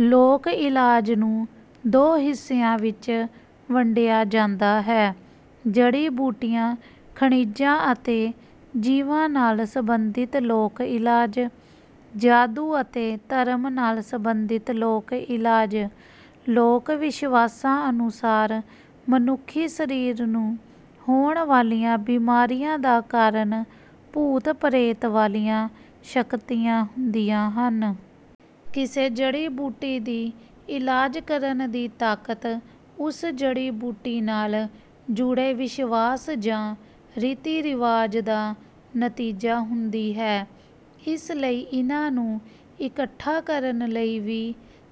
ਲੋਕ ਇਲਾਜ ਨੂੰ ਦੋ ਹਿੱਸਿਆਂ ਵਿੱਚ ਵੰਡਿਆ ਜਾਂਦਾ ਹੈ। ਜੜੀ ਬੂਟੀਆਂ ਖਣਿਜਾਂ ਅਤੇ ਜੀਵਾਂ ਨਾਲ ਸਬੰਧਿਤ ਲੋਕ ਇਲਾਜ। ਜਾਦੂ ਅਤੇ ਧਰਮ ਨਾਲ ਸਬੰਧਿਤ ਲੋਕ ਇਲਾਜ। ਲੋਕ ਵਿਸ਼ਵਾਸਾਂ ਅਨੁਸਾਰ ਮਨੁੱਖੀ ਸਰੀਰ ਨੂੰ ਹੋਣ ਵਾਲੀਆਂ ਬਿਮਾਰੀਆਂ ਦਾ ਕਾਰਨ ਭੂਤ ਪ੍ਰੇਤ ਵਾਲੀਆਂ ਸ਼ਕਤੀਆਂ ਹੁੰਦੀਆਂ ਹਨ। ਕਿਸੇ ਜੜੀ ਬੂਟੀ ਦੀ ਇਲਾਜ ਕਰਨ ਦੀ ਤਾਕਤ ਉਸ ਜੜੀ ਬੂਟੀ ਨਾਲ ਜੁੜੇ ਵਿਸ਼ਵਾਸ ਜਾਂ ਰੀਤੀ ਰਿਵਾਜ ਦਾ ਨਤੀਜਾ ਹੁੰਦੀ ਹੈ। ਇਸ ਲਈ ਇਨ੍ਹਾਂ ਨੂੰ ਇਕੱਠਾ ਕਰਨ ਲਈ ਵੀ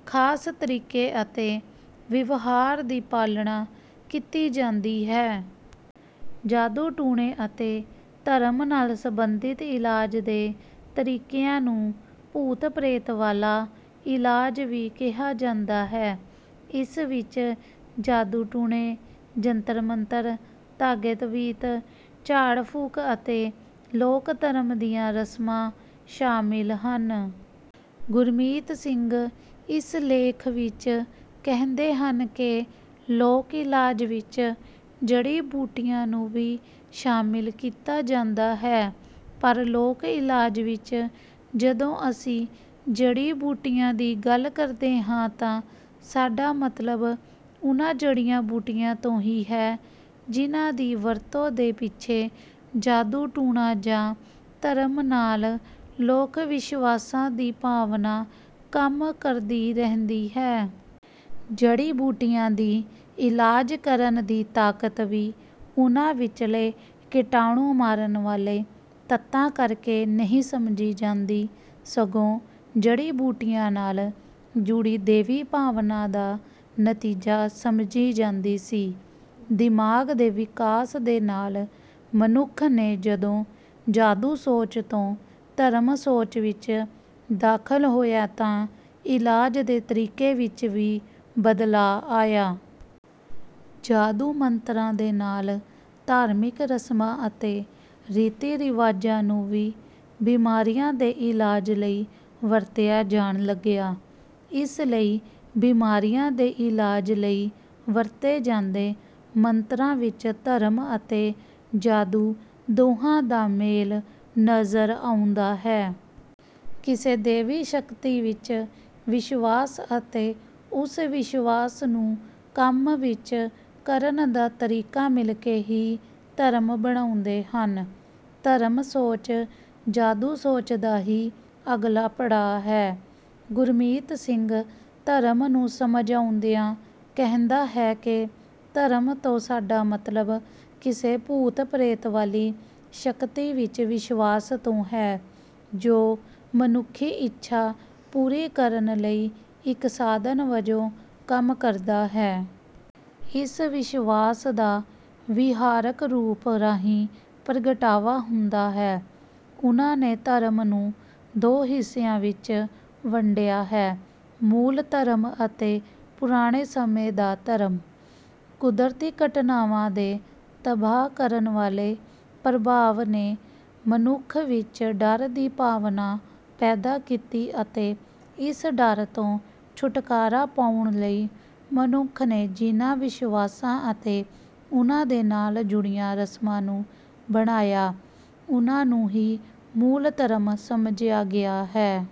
ਖਾਸ ਤਰੀਕੇ ਅਤੇ ਵਿਵਹਾਰ ਦੀ ਪਾਲਣਾ ਕੀਤੀ ਜਾਂਦੀ ਹੈ। ਜਾਦੂ ਟੂਣੇ ਅਤੇ ਧਰਮ ਨਾਲ ਸਬੰਧਿਤ ਇਲਾਜ ਦੇ ਤਰੀਕਿਆਂ ਨੂੰ ਭੂਤ ਪ੍ਰੇਤ ਵਾਲਾ ਇਲਾਜ ਵੀ ਕਿਹਾ ਜਾਂਦਾ ਹੈ। ਇਸ ਵਿੱਚ ਜਾਦੂ ਟੂਣੇ ਜੰਤਰ ਮੰਤਰ ਧਾਗੇ ਤਵੀਤ ਝਾੜ ਫੂਕ ਅਤੇ ਲੋਕ ਧਰਮ ਦੀਆਂ ਰਸਮਾਂ ਸ਼ਾਮਿਲ ਹਨ। ਗੁਰਮੀਤ ਸਿੰਘ ਇਸ ਲੇਖ ਵਿੱਚ ਕਹਿੰਦੇ ਹਨ ਕਿ ਲੋਕ ਇਲਾਜ ਵਿੱਚ ਜੜੀ ਬੂਟੀਆਂ ਨੂੰ ਵੀ ਸ਼ਾਮਿਲ ਕੀਤਾ ਜਾਂਦਾ ਹੈ। ਪਰ ਲੋਕ ਇਲਾਜ ਵਿੱਚ ਜਦੋਂ ਅਸੀਂ ਜੜੀ ਬੂਟੀਆਂ ਦੀ ਗੱਲ ਕਰਦੇ ਹਾਂ ਤਾਂ ਸਾਡਾ ਮਤਲਬ ਉਨ੍ਹਾਂ ਜੜੀ ਬੂਟੀਆਂ ਤੋਂ ਹੀ ਹੈ ਜਿਨ੍ਹਾਂ ਦੀ ਵਰਤੋਂ ਦੇ ਪਿੱਛੇ ਜਾਦੂ ਟੂਣਾ ਜਾਂ ਧਰਮ ਨਾਲ ਲੋਕ ਵਿਸ਼ਵਾਸਾਂ ਦੀ ਭਾਵਨਾ ਕੰਮ ਕਰਦੀ ਰਹਿੰਦੀ ਹੈ। ਜੜੀ ਬੂਟੀਆਂ ਦੀ ਇਲਾਜ ਕਰਨ ਦੀ ਤਾਕਤ ਵੀ ਉਨ੍ਹਾਂ ਵਿੱਚਲੇ ਕੀਟਾਣੂ ਮਾਰਨ ਵਾਲੇ ਤੱਤਾਂ ਕਰਕੇ ਨਹੀਂ ਸਮਝੀ ਜਾਂਦੀ ਸਗੋਂ ਜੜੀ ਬੂਟੀਆਂ ਨਾਲ ਜੁੜੀ ਦੇਵੀ ਭਾਵਨਾ ਦਾ ਨਤੀਜਾ ਸਮਝੀ ਜਾਂਦੀ ਸੀ। ਦਿਮਾਗ ਦੇ ਵਿਕਾਸ ਦੇ ਨਾਲ ਮਨੁੱਖ ਨੇ ਜਦੋਂ ਜਾਦੂ ਸੋਚ ਤੋਂ ਧਰਮ ਸੋਚ ਵਿੱਚ ਦਾਖਲ ਹੋਇਆ ਤਾਂ ਇਲਾਜ ਦੇ ਤਰੀਕੇ ਵਿੱਚ ਵੀ ਬਦਲਾਅ ਆਇਆ। ਜਾਦੂ ਮੰਤਰਾਂ ਦੇ ਨਾਲ ਧਾਰਮਿਕ ਰਸਮਾਂ ਅਤੇ ਰੀਤੀ ਰਿਵਾਜਾਂ ਨੂੰ ਵੀ ਬਿਮਾਰੀਆਂ ਦੇ ਇਲਾਜ ਲਈ ਵਰਤਿਆ ਜਾਣ ਲੱਗਿਆ। ਇਸ ਲਈ ਬਿਮਾਰੀਆਂ ਦੇ ਇਲਾਜ ਲਈ ਵਰਤੇ ਜਾਂਦੇ ਮੰਤਰਾਂ ਵਿੱਚ ਧਰਮ ਅਤੇ ਜਾਦੂ ਦੋਹਾਂ ਦਾ ਮੇਲ ਨਜ਼ਰ ਆਉਂਦਾ ਹੈ। ਕਿਸੇ ਦੇਵੀ ਸ਼ਕਤੀ ਵਿੱਚ ਵਿਸ਼ਵਾਸ ਅਤੇ ਉਸ ਵਿਸ਼ਵਾਸ ਨੂੰ ਕੰਮ ਵਿੱਚ ਕਰਨ ਦਾ ਤਰੀਕਾ ਮਿਲਕੇ ਹੀ ਧਰਮ ਬਣਾਉਂਦੇ ਹਨ। ਧਰਮ ਸੋਚ ਜਾਦੂ ਸੋਚ ਦਾ ਹੀ ਅਗਲਾ ਪੜਾਅ ਹੈ। ਗੁਰਮੀਤ ਸਿੰਘ ਧਰਮ ਨੂੰ ਸਮਝਾਉਂਦਿਆਂ ਕਹਿੰਦਾ ਹੈ ਕਿ ਧਰਮ ਤੋਂ ਸਾਡਾ ਮਤਲਬ ਕਿਸੇ ਭੂਤ ਪ੍ਰੇਤ ਵਾਲੀ ਸ਼ਕਤੀ ਵਿੱਚ ਵਿਸ਼ਵਾਸ ਤੋਂ ਹੈ ਜੋ ਮਨੁੱਖੀ ਇੱਛਾ ਪੂਰੀ ਕਰਨ ਲਈ ਇੱਕ ਸਾਧਨ ਵਜੋਂ ਕੰਮ ਕਰਦਾ ਹੈ। ਇਸ ਵਿਸ਼ਵਾਸ ਦਾ ਵਿਹਾਰਕ ਰੂਪ ਰਾਹੀਂ ਪ੍ਰਗਟਾਵਾ ਹੁੰਦਾ ਹੈ। ਉਨ੍ਹਾਂ ਨੇ ਧਰਮ ਨੂੰ ਦੋ ਹਿੱਸਿਆਂ ਵਿੱਚ ਵੰਡਿਆ ਹੈ ਮੂਲ ਧਰਮ ਅਤੇ ਪੁਰਾਣੇ ਸਮੇਂ ਦਾ ਧਰਮ। ਕੁਦਰਤੀ ਘਟਨਾਵਾਂ ਦੇ ਤਬਾਹ ਕਰਨ ਵਾਲੇ ਪ੍ਰਭਾਵ ਨੇ ਮਨੁੱਖ ਵਿੱਚ ਡਰ ਦੀ ਭਾਵਨਾ ਪੈਦਾ ਕੀਤੀ ਅਤੇ ਇਸ ਡਰ ਤੋਂ ਛੁਟਕਾਰਾ ਪਾਉਣ ਲਈ ਮਨੁੱਖ ਨੇ ਜਿਨ੍ਹਾਂ ਵਿਸ਼ਵਾਸਾਂ ਅਤੇ ਉਨ੍ਹਾਂ ਦੇ ਨਾਲ ਜੁੜੀਆਂ ਰਸਮਾਂ ਨੂੰ ਬਣਾਇਆ ਉਨ੍ਹਾਂ ਨੂੰ ਹੀ ਮੂਲ ਧਰਮ ਸਮਝਿਆ ਗਿਆ ਹੈ।